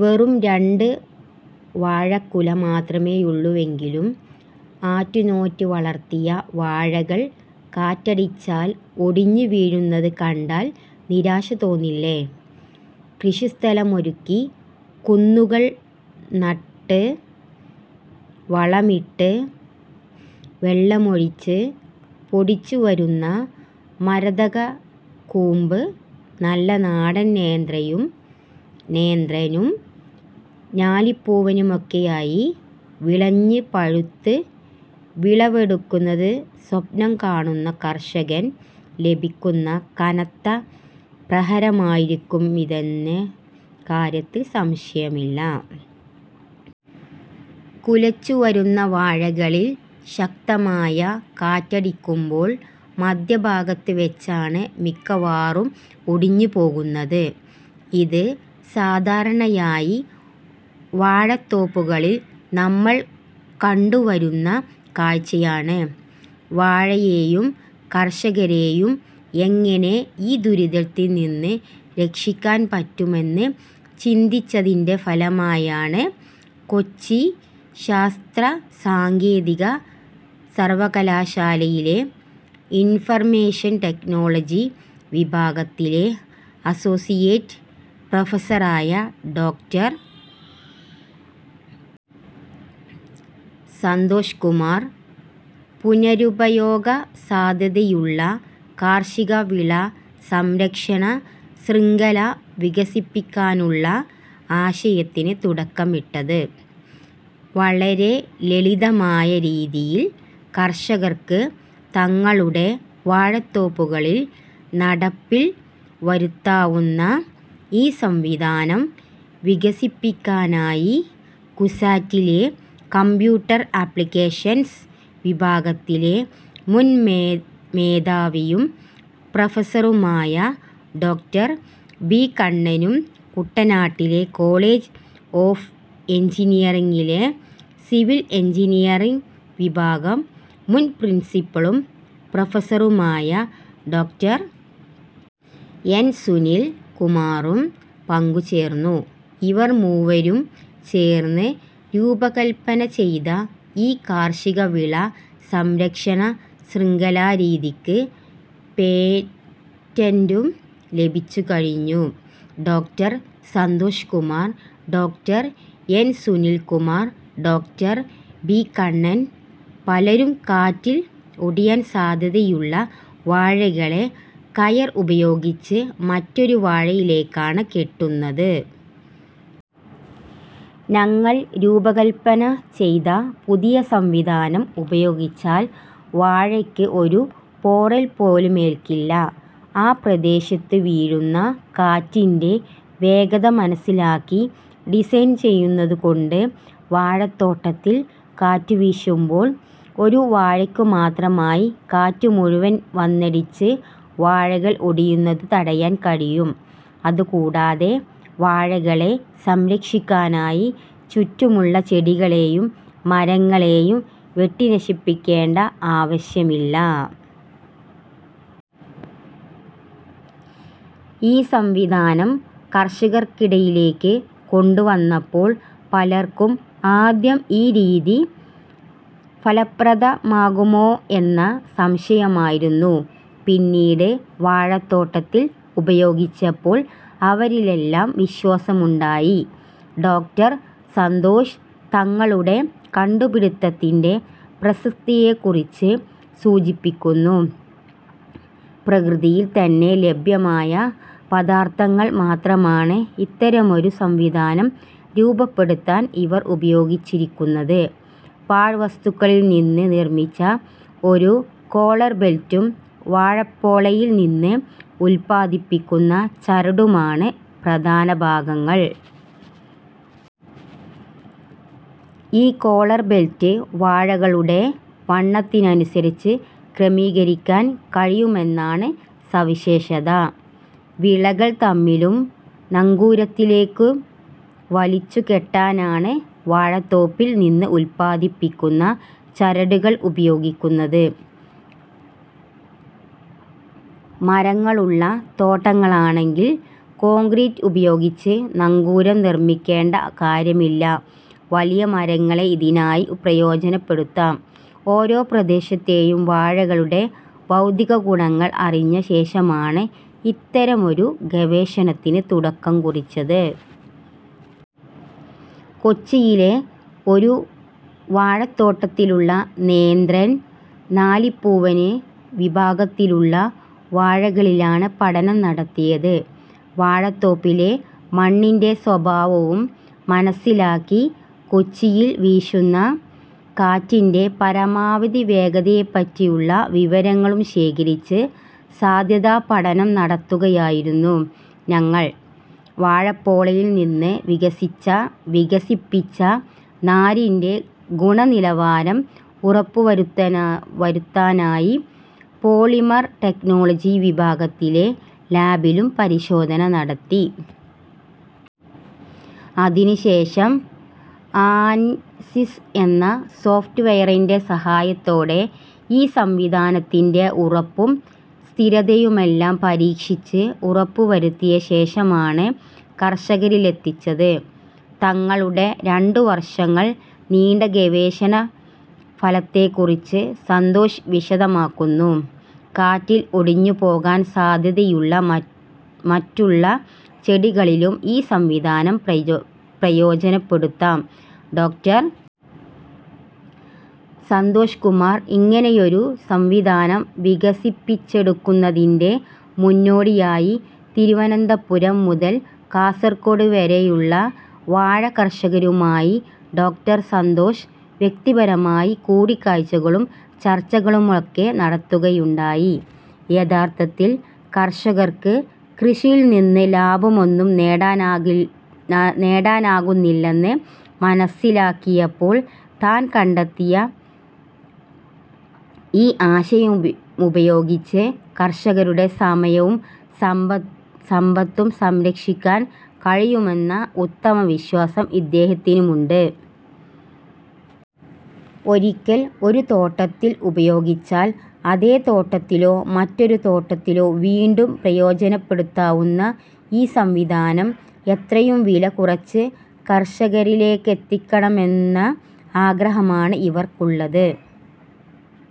വെറും രണ്ട് വാഴക്കുല മാത്രമേയുള്ളുവെങ്കിലും ആറ്റുനോറ്റു വളര്‍ത്തിയ വാഴകള്‍ കാറ്റടിച്ചാൽ ഒടിഞ്ഞു വീഴുന്നത് കണ്ടാല്‍ നിരാശ തോന്നില്ലേ? കൃഷിസ്ഥലമൊരുക്കി കുന്നുകള്‍ നട്ട് വളമിട്ട് വെള്ളമൊഴിച്ച് പൊടിച്ചു വരുന്ന മരതകക്കൂമ്പ് നല്ല നാടന്‍ നേന്ത്രനും ഞാലിപ്പൂവനുമൊക്കെയായി വിളഞ്ഞ് പഴുത്ത് വിളവെടുക്കുന്നത് സ്വപ്നം കാണുന്ന കര്‍ഷകന്‍ ലഭിക്കുന്ന കനത്ത പ്രഹരമായിരിക്കുമിതെന്ന കാര്യത്തില്‍ സംശയമില്ല. കുലച്ച് വരുന്ന വാഴകളിൽ ശക്തമായ കാറ്റടിക്കുമ്പോള്‍ മധ്യഭാഗത്ത് വെച്ചാണ് മിക്കവാറും ഒടിഞ്ഞുപോകുന്നത്. ഇത് സാധാരണയായി വാഴത്തോപ്പുകളില്‍ നമ്മള്‍ കണ്ടുവരുന്ന കാഴ്ചയാണ്. വാഴയെയും കര്‍ഷകരെയും എങ്ങനെ ഈ ദുരിതത്തില്‍ നിന്ന് രക്ഷിക്കാന്‍ പറ്റുമെന്ന് ചിന്തിച്ചതിന്‍റെ ഫലമായാണ് കൊച്ചി ശാസ്ത്രസാങ്കേതിക സര്‍വകലാശാലയിലെ ഇന്‍ഫര്‍മേഷൻ ടെക്നോളജി വിഭാഗത്തിലെ അസോസിയേറ്റ് പ്രൊഫസറായ ഡോ. സന്തോഷ് കുമാര്‍ പുനരുപയോഗ സാധ്യതയുള്ള കാര്‍ഷിക വിള സംരക്ഷണ ശ്യംഖല വികസിപ്പിക്കാനുള്ള ആശയത്തിന് തുടക്കമിട്ടത്. വളരെ ലളിതമായ രീതിയില്‍ കര്‍ഷകര്‍ക്ക് തങ്ങളുടെ വാഴത്തോപ്പുകളില്‍ നടപ്പില്‍ വരുത്താവുന്ന ഈ സംവിധാനം വികസിപ്പിക്കാനായി കുസാറ്റിലെ കമ്പ്യൂട്ടര്‍ ആപ്ലിക്കേഷൻസ് വിഭാഗത്തിലെ മുന്‍ മേധാവിയും പ്രൊഫസറുമായ ഡോ. ബി കണ്ണനും കുട്ടനാട്ടിലെ കോളജ് ഓഫ് എഞ്ചിനീയറിങ്ങിലെ സിവില്‍ എഞ്ചിനീയറിങ്ങ് വിഭാഗം മുന്‍ പ്രിന്‍സിപ്പലും പ്രൊഫസറുമായ ഡോ. എന്‍. സുനില്‍ കുമാറും പങ്കുചേര്‍ന്നു. ഇവര്‍ മൂവരും ചേര്‍ന്ന് രൂപകല്പന ചെയ്ത ഈ കാര്‍ഷിക വിള സംരക്ഷണ ശ്യംഖലാ രീതിക്ക് പേറ്റന്‍റും ലഭിച്ചു കഴിഞ്ഞു. ഡോ. സന്തോഷ് കുമാർ, ഡോ. എൻ. സുനിൽ കുമാർ, ഡോ. ബി. കണ്ണൻ ' പലരും കാറ്റില്‍ ഒടിയാന്‍ സാധ്യതയുള്ള വാഴകളെ കയര്‍ ഉപയോഗിച്ച് മറ്റൊരു വാഴയിലേക്കാണ് കെട്ടുന്നത്. ഞങ്ങള്‍ രൂപകല്‍പ്പന ചെയ്ത പുതിയ സംവിധാനം ഉപയോഗിച്ചാല്‍ വാഴയ്ക്ക് ഒരു പോറല്‍ പോലുമേൽക്കില്ല. ആ പ്രദേശത്ത് വീശുന്ന കാറ്റിന്‍റെ വേഗത മനസിലാക്കി ഡിസൈൻ ചെയ്യുന്നതുകൊണ്ട് വാഴത്തോട്ടത്തിൽ കാറ്റുവീശുമ്പോൾ ഒരു വാഴയ്ക്കു മാത്രമായി കാറ്റ് മുഴുവന്‍ വന്നടിച്ച് വാഴകള്‍ ഒടിയുന്നത് തടയാന്‍ കഴിയും. അതുകൂടാതെ വാഴകളെ സംരക്ഷിക്കാനായി ചുറ്റുമുള്ള ചെടികളെയും മരങ്ങളെയും വെട്ടി നശിപ്പിക്കേണ്ട ആവശ്യവുമില്ല. ഈ സംവിധാനം കർഷകർക്കിടയിലേക്ക് കൊണ്ടുവന്നപ്പോള്‍ പലര്‍ക്കും ആദ്യം ഈ രീതി ഫലപ്രദമാകുമോയെന്ന സംശയമായിരുന്നു. പിന്നീട് വാഴത്തോട്ടത്തിൽ ഉപയോഗിച്ചപ്പോള്‍ അവരിലെല്ലാം വിശ്വാസമുണ്ടായി ' ഡോ. സന്തോഷ് തങ്ങളുടെ കണ്ടുപിടുത്തത്തിന്‍റെ പ്രസക്തിയെക്കുറിച്ച് സൂചിപ്പിക്കുന്നു. പ്രകൃതിയില്‍ തന്നെ ലഭ്യമായ പദാർത്തങ്ങൾ മാത്രമാണ് ഇത്തരമൊരു സംവിധാനം രൂപപ്പെടുത്താൻ ഇവര്‍ ഉപയോഗിച്ചിരിക്കുന്നത്. പാഴ് വസ്തുക്കളില്‍ നിന്ന് നിര്‍മിച്ച ഒരു കോളർ ബെൽറ്റും വാഴപ്പോളയില്‍ നിന്ന് ഉത്പാദിപ്പിക്കുന്ന ചരടുമാണ് പ്രധാന ഭാഗങ്ങള്‍. ഈ കോളർ ബെൽറ്റ് വാഴകളുടെ വണ്ണത്തിനനുസരിച്ച് ക്രമീകരിക്കാന്‍ കഴിയുമെന്നതാണ് സവിശേഷത. വിളകള്‍ തമ്മിലും നങ്കൂരത്തിലേക്കും വലിച്ചു കെട്ടാനായാണ് വാഴപ്പോളയില്‍ നിന്ന് ഉത്പാദിപ്പിക്കുന്ന ചരടുകള്‍ ഉപയോഗിക്കുന്നത്. മരങ്ങളുള്ള തോട്ടങ്ങളാണെങ്കിൽ കോണ്ക്രീറ്റ് ഉപയോഗിച്ച് നങ്കൂരം നിര്‍മിക്കേണ്ട കാര്യമില്ല. വലിയ മരങ്ങളെ ഇതിനായി പ്രയോജനപ്പെടുത്താം. ' ഓരോ പ്രദേശത്തെയും വാഴകളുടെ ഭൗതിക ഗുണങ്ങള്‍ അറിഞ്ഞ ശേഷമാണ് ഇത്തരമൊരു ഗവേഷണത്തിന് തുടക്കം കുറിച്ചത്. കൊച്ചിയിലെ ഒരു വാഴത്തോട്ടത്തിലുള്ള നേന്ത്രൻ, ഞാലിപ്പൂവന് വിഭാഗത്തിലുള്ള വാഴകളിലാണ് പഠനം നടത്തിയത്. വാഴത്തോപ്പിലെ മണ്ണിന്‍റെ സ്വഭാവവും മനസിലാക്കി. കൊച്ചിയില്‍ വീശുന്ന കാറ്റിന്‍റെ പരമാവധി വേഗതയെപ്പറ്റിയുള്ള വിവരങ്ങളും ശേഖരിച്ച് സാധ്യതാ പഠനം നടത്തുകയായിരുന്നു ഞങ്ങള്‍. വാഴപ്പോളയില്‍ നിന്ന് വികസിപ്പിച്ച നാരിന്‍റെ ഗുണനിലവാരം ഉറപ്പുവരുത്താനായി പോളിമർ ടെക്നോളജി വിഭാഗത്തിലെ ലാബിലും പരിശോധന നടത്തി. അതിനുശേഷം ആന്സിസ് എന്ന സോഫ്റ്റ് വെയറിന്റെ സഹായത്തോടെ ഈ സംവിധാനത്തിന്‍റെ ഉറപ്പും സ്ഥിരതയുമെല്ലാം പരീക്ഷിച്ച് ഉറപ്പുവരുത്തിയ ശേഷമാണ് കർഷകരിലെത്തിച്ചത് ' തങ്ങളുടെ രണ്ടു വര്‍ഷങ്ങള്‍ നീണ്ട ഗവേഷണ ഫലത്തെക്കുറിച്ച് സന്തോഷ് വിശദമാക്കുന്നു. കാറ്റിൽ ഒടിഞ്ഞു പോകാൻ സാധ്യതയുള്ള മറ്റുള്ള ചെടികളിലും ഈ സംവിധാനം പ്രയോജനപ്പെടുത്താം. ഡോ. സന്തോഷ് കുമാർ ഇങ്ങനെയൊരു സംവിധാനം വികസിപ്പിച്ചെടുക്കുന്നതിന്റെ മുന്നോടിയായി തിരുവനന്തപുരം മുതല്‍ കാസര്‍കോട് വരെയുള്ള വാഴക്കർഷകരുമായി ഡോ. സന്തോഷ് വ്യക്തിപരമായി കൂടിക്കാഴ്ചകളും ചര്‍ച്ചകളൊക്കെ നടത്തുകയുണ്ടായി. യഥാര്‍ഥത്തിൽ കര്‍ഷകര്‍ക്ക് കൃഷിയില്‍ നിന്ന് ലാഭമൊന്നും നേടാനാകുന്നില്ലെന്ന് മനസിലാക്കിയപ്പോള്‍ താന്‍ കണ്ടെത്തിയ ഈ ആശയമുപയോഗിച്ച് കര്‍ഷകരുടെ സമയവും സമ്പത്തും സംരക്ഷിക്കാന്‍ കഴിയുമെന്ന ഉത്തമ വിശ്വാസം ഇദ്ദേഹത്തിനുണ്ട്. ഒരിക്കല്‍ ഒരു തോട്ടത്തില്‍ ഉപയോഗിച്ചാല്‍ അതേ തോട്ടത്തിലോ മറ്റൊരു തോട്ടത്തിലോ വീണ്ടും പ്രയോജനപ്പെടുത്താവുന്ന ഈ സംവിധാനം എത്രയും വില കുറച്ച് കർഷകരിലേക്കെത്തിക്കണമെന്ന ആഗ്രഹമാണ് ഇവർക്കുള്ളത്.